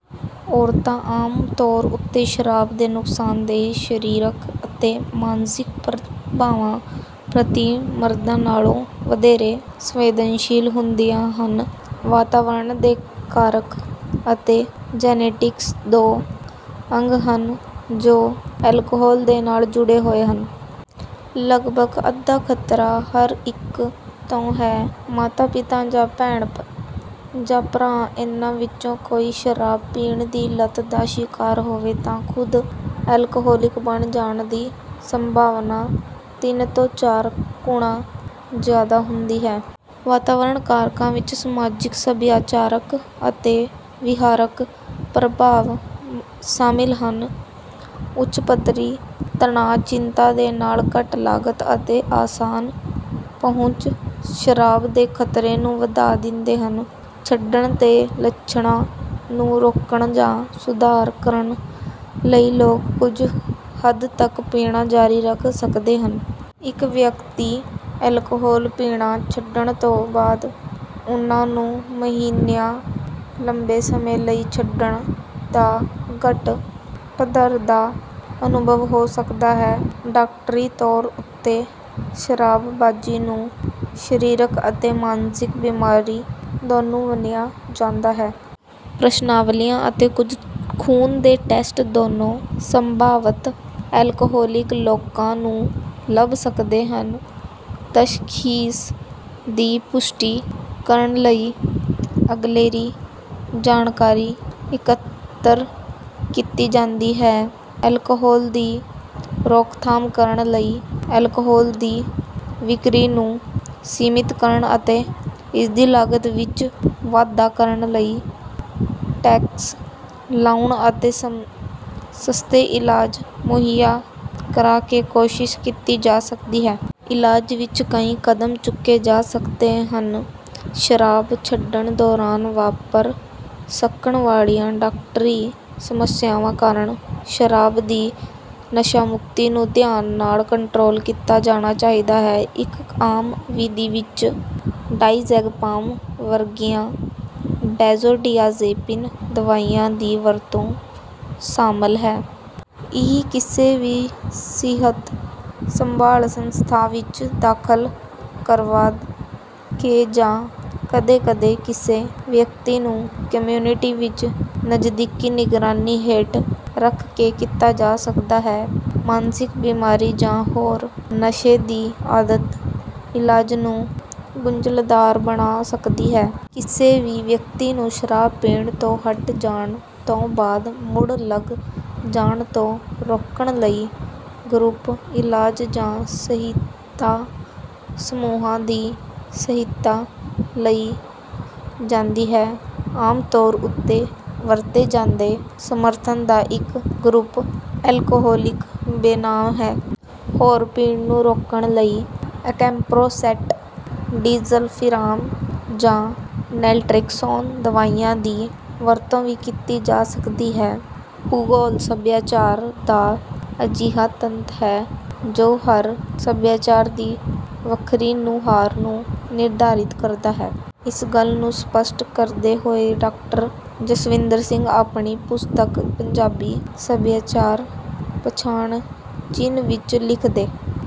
ਔਰਤਾਂ ਆਮ ਤੌਰ ਉੱਤੇ ਸ਼ਰਾਬ ਦੇ ਨੁਕਸਾਨਦੇਹ ਸ਼ਰੀਰਕ ਅਤੇ ਮਾਨਸਿਕ ਪ੍ਰਭਾਵਾਂ ਪ੍ਰਤੀ ਮਰਦਾਂ ਨਾਲੋਂ ਵਧੇਰੇ ਸੰਵੇਦਨਸ਼ੀਲ ਹੁੰਦੀਆਂ ਹਨ। ਵਾਤਾਵਰਣ ਦੇ ਕਾਰਕ ਅਤੇ ਜੈਨੇਟਿਕਸ ਦੋ ਅੰਗ ਹਨ ਜੋ ਅਲਕੋਹਲ ਦੇ ਨਾਲ ਜੁੜੇ ਹੋਏ ਹਨ। ਲੱਗਭੱਗ ਅੱਧਾ ਖਤਰਾ ਹਰ ਇੱਕ ਤੋਂ ਹੈ। ਮਾਤਾ ਪਿਤਾ ਜਾਂ ਭੈਣ ਜਾਂ ਭਰਾ ਇਨ੍ਹਾਂ ਵਿੱਚੋਂ ਕੋਈ ਸ਼ਰਾਬ ਪੀਣ ਦੀ ਲਤ ਦਾ ਸ਼ਿਕਾਰ ਹੋਵੇ ਤਾਂ ਖੁਦ ਅਲਕੋਹਲਿਕ ਬਣ ਜਾਣ ਦੀ ਸੰਭਾਵਨਾ ਤਿੰਨ ਤੋਂ ਚਾਰ ਗੁਣਾ ਜ਼ਿਆਦਾ ਹੁੰਦੀ ਹੈ। ਵਾਤਾਵਰਨ ਕਾਰਕਾਂ ਵਿੱਚ ਸਮਾਜਿਕ, ਸੱਭਿਆਚਾਰਕ ਅਤੇ ਵਿਹਾਰਕ ਪ੍ਰਭਾਵ ਸ਼ਾਮਲ ਹਨ। ਉੱਚ ਪੱਧਰੀ ਤਣਾਅ, ਚਿੰਤਾ, ਦੇ ਨਾਲ ਘੱਟ ਲਾਗਤ ਅਤੇ ਆਸਾਨ ਪਹੁੰਚ ਸ਼ਰਾਬ ਦੇ ਖਤਰੇ ਨੂੰ ਵਧਾ ਦਿੰਦੇ ਹਨ। ਛੱਡਣ ਦੇ ਲੱਛਣਾਂ ਨੂੰ ਰੋਕਣ ਜਾਂ ਸੁਧਾਰ ਕਰਨ ਲਈ ਲੋਕ ਕੁਝ ਹੱਦ ਤੱਕ ਪੀਣਾ ਜਾਰੀ ਰੱਖ ਸਕਦੇ ਹਨ। ਇੱਕ ਵਿਅਕਤੀ ਅਲਕੋਹਲ ਪੀਣਾ ਛੱਡਣ ਤੋਂ ਬਾਅਦ, ਉਹਨਾਂ ਨੂੰ ਮਹੀਨਿਆਂ ਲੰਬੇ ਸਮੇਂ ਲਈ ਛੱਡਣ ਦਾ ਘੱਟ ਪੱਧਰ ਦਾ ਅਨੁਭਵ ਹੋ ਸਕਦਾ ਹੈ। ਡਾਕਟਰੀ ਤੌਰ ਉੱਤੇ ਸ਼ਰਾਬਬਾਜ਼ੀ ਨੂੰ ਸ਼ਰੀਰਕ ਅਤੇ ਮਾਨਸਿਕ ਬਿਮਾਰੀ ਦੋਨੋਂ ਮੰਨਿਆ ਜਾਂਦਾ ਹੈ। ਪ੍ਰਸ਼ਨਾਵਲੀਆਂ ਅਤੇ ਕੁਝ ਖੂਨ ਦੇ ਟੈਸਟ ਦੋਨੋਂ ਸੰਭਾਵਤ ਅਲਕੋਹਲਿਕ ਲੋਕਾਂ ਨੂੰ ਲੱਭ ਸਕਦੇ ਹਨ। ਤਸ਼ਖ਼ੀਸ ਦੀ ਪੁਸ਼ਟੀ ਕਰਨ ਲਈ ਅਗਲੇਰੀ ਜਾਣਕਾਰੀ ਇਕੱਤਰ ਕੀਤੀ ਜਾਂਦੀ ਹੈ। ਅਲਕੋਹਲ ਦੀ ਰੋਕਥਾਮ ਕਰਨ ਲਈ ਅਲਕੋਹਲ ਦੀ ਵਿਕਰੀ ਨੂੰ ਸੀਮਿਤ ਕਰਨ ਅਤੇ ਇਸਦੀ ਲਾਗਤ ਵਿੱਚ ਵਾਧਾ ਕਰਨ ਲਈ ਟੈਕਸ ਲਾਉਣ ਅਤੇ ਸਸਤੇ ਇਲਾਜ ਮੁਹੱਈਆ ਕਰਾ ਕੇ ਕੋਸ਼ਿਸ਼ ਕੀਤੀ ਜਾ ਸਕਦੀ ਹੈ। ਇਲਾਜ ਵਿੱਚ ਕਈ ਕਦਮ ਚੁੱਕੇ ਜਾ ਸਕਦੇ ਹਨ। ਸ਼ਰਾਬ ਛੱਡਣ ਦੌਰਾਨ ਵਾਪਰ ਸਕਣ ਵਾਲੀਆਂ ਡਾਕਟਰੀ ਸਮੱਸਿਆਵਾਂ ਕਾਰਨ, ਸ਼ਰਾਬ ਦੀ ਨਸ਼ਾਮੁਕਤੀ ਨੂੰ ਧਿਆਨ ਨਾਲ ਕੰਟਰੋਲ ਕੀਤਾ ਜਾਣਾ ਚਾਹੀਦਾ ਹੈ। ਇੱਕ ਆਮ ਵਿਧੀ ਵਿੱਚ ਡਾਇਜ਼ੈਗਪਾਮ ਵਰਗੀਆਂ ਬੈਂਜੋਡਿਆਜ਼ੇਪਿਨ ਦਵਾਈਆਂ ਦੀ ਵਰਤੋਂ ਸਾਮਲ ਹੈ। ਇਹ ਕਿਸੇ ਵੀ ਸਿਹਤ ਸੰਭਾਲ ਸੰਸਥਾ ਵਿੱਚ ਦਾਖਲ ਕਰਵਾ ਕੇ ਜਾਂ ਕਦੇ-ਕਦੇ ਕਿਸੇ ਵਿਅਕਤੀ ਨੂੰ ਕਮਿਊਨਿਟੀ ਵਿੱਚ ਨਜ਼ਦੀਕੀ ਨਿਗਰਾਨੀ ਹੇਠ ਰੱਖ ਕੇ ਕੀਤਾ ਜਾ ਸਕਦਾ ਹੈ। ਮਾਨਸਿਕ ਬਿਮਾਰੀ ਜਾਂ ਹੋਰ ਨਸ਼ੇ ਦੀ ਆਦਤ ਇਲਾਜ ਨੂੰ ਗੁੰਝਲਦਾਰ ਬਣਾ ਸਕਦੀ ਹੈ। ਕਿਸੇ ਵੀ ਵਿਅਕਤੀ ਨੂੰ ਸ਼ਰਾਬ ਪੀਣ ਤੋਂ ਹੱਟ ਜਾਣ ਤੋਂ ਬਾਅਦ ਮੁੜ ਲੱਗ ਜਾਣ ਤੋਂ ਰੋਕਣ ਲਈ ਗਰੁੱਪ ਇਲਾਜ ਜਾਂ ਸਹਇਤਾ ਸਮੂਹਾਂ ਦੀ ਸਹਇਤਾ ਲਈ ਜਾਂਦੀ ਹੈ। ਆਮ ਤੌਰ ਉੱਤੇ ਵਰਤੇ ਜਾਂਦੇ ਸਮਰਥਨ ਦਾ ਇੱਕ ਗਰੁੱਪ ਅਲਕੋਹਲਿਕ ਬੇਨਾਮ ਹੈ। ਹੋਰ ਪੀਣ ਨੂੰ ਰੋਕਣ ਲਈ ਐਕੈਮਪਰੋਸੈਟ, ਡਿਸਲਫ਼ੀਰਾਮ, ਜਾਂ ਨੈਲਟਰੇਕਸੋਨ ਦਵਾਈਆਂ ਦੀ ਵਰਤੋਂ ਵੀ ਕੀਤੀ ਜਾ ਸਕਦੀ ਹੈ। ਭੂਗੋਲ ਸਭਿਆਚਾਰ ਦਾ ਅਜਿਹਾ ਤੱਤ ਹੈ, ਜੋ ਹਰ ਸਭਿਆਚਾਰ ਦੀ ਵੱਖਰੀ ਨੁਹਾਰ ਨੂੰ ਨਿਰਧਾਰਿਤ ਕਰਦਾ ਹੈ। ਇਸ ਗੱਲ ਨੂੰ ਸਪਸ਼ਟ ਕਰਦੇ ਹੋਏ ਡਾਕਟਰ ਜਸਵਿੰਦਰ ਸਿੰਘ ਆਪਣੀ ਪੁਸਤਕ ਪੰਜਾਬੀ ਸਭਿਆਚਾਰ ਪਛਾਣ ਚਿੰਨ੍ਹ ਵਿੱਚ ਲਿਖਦੇ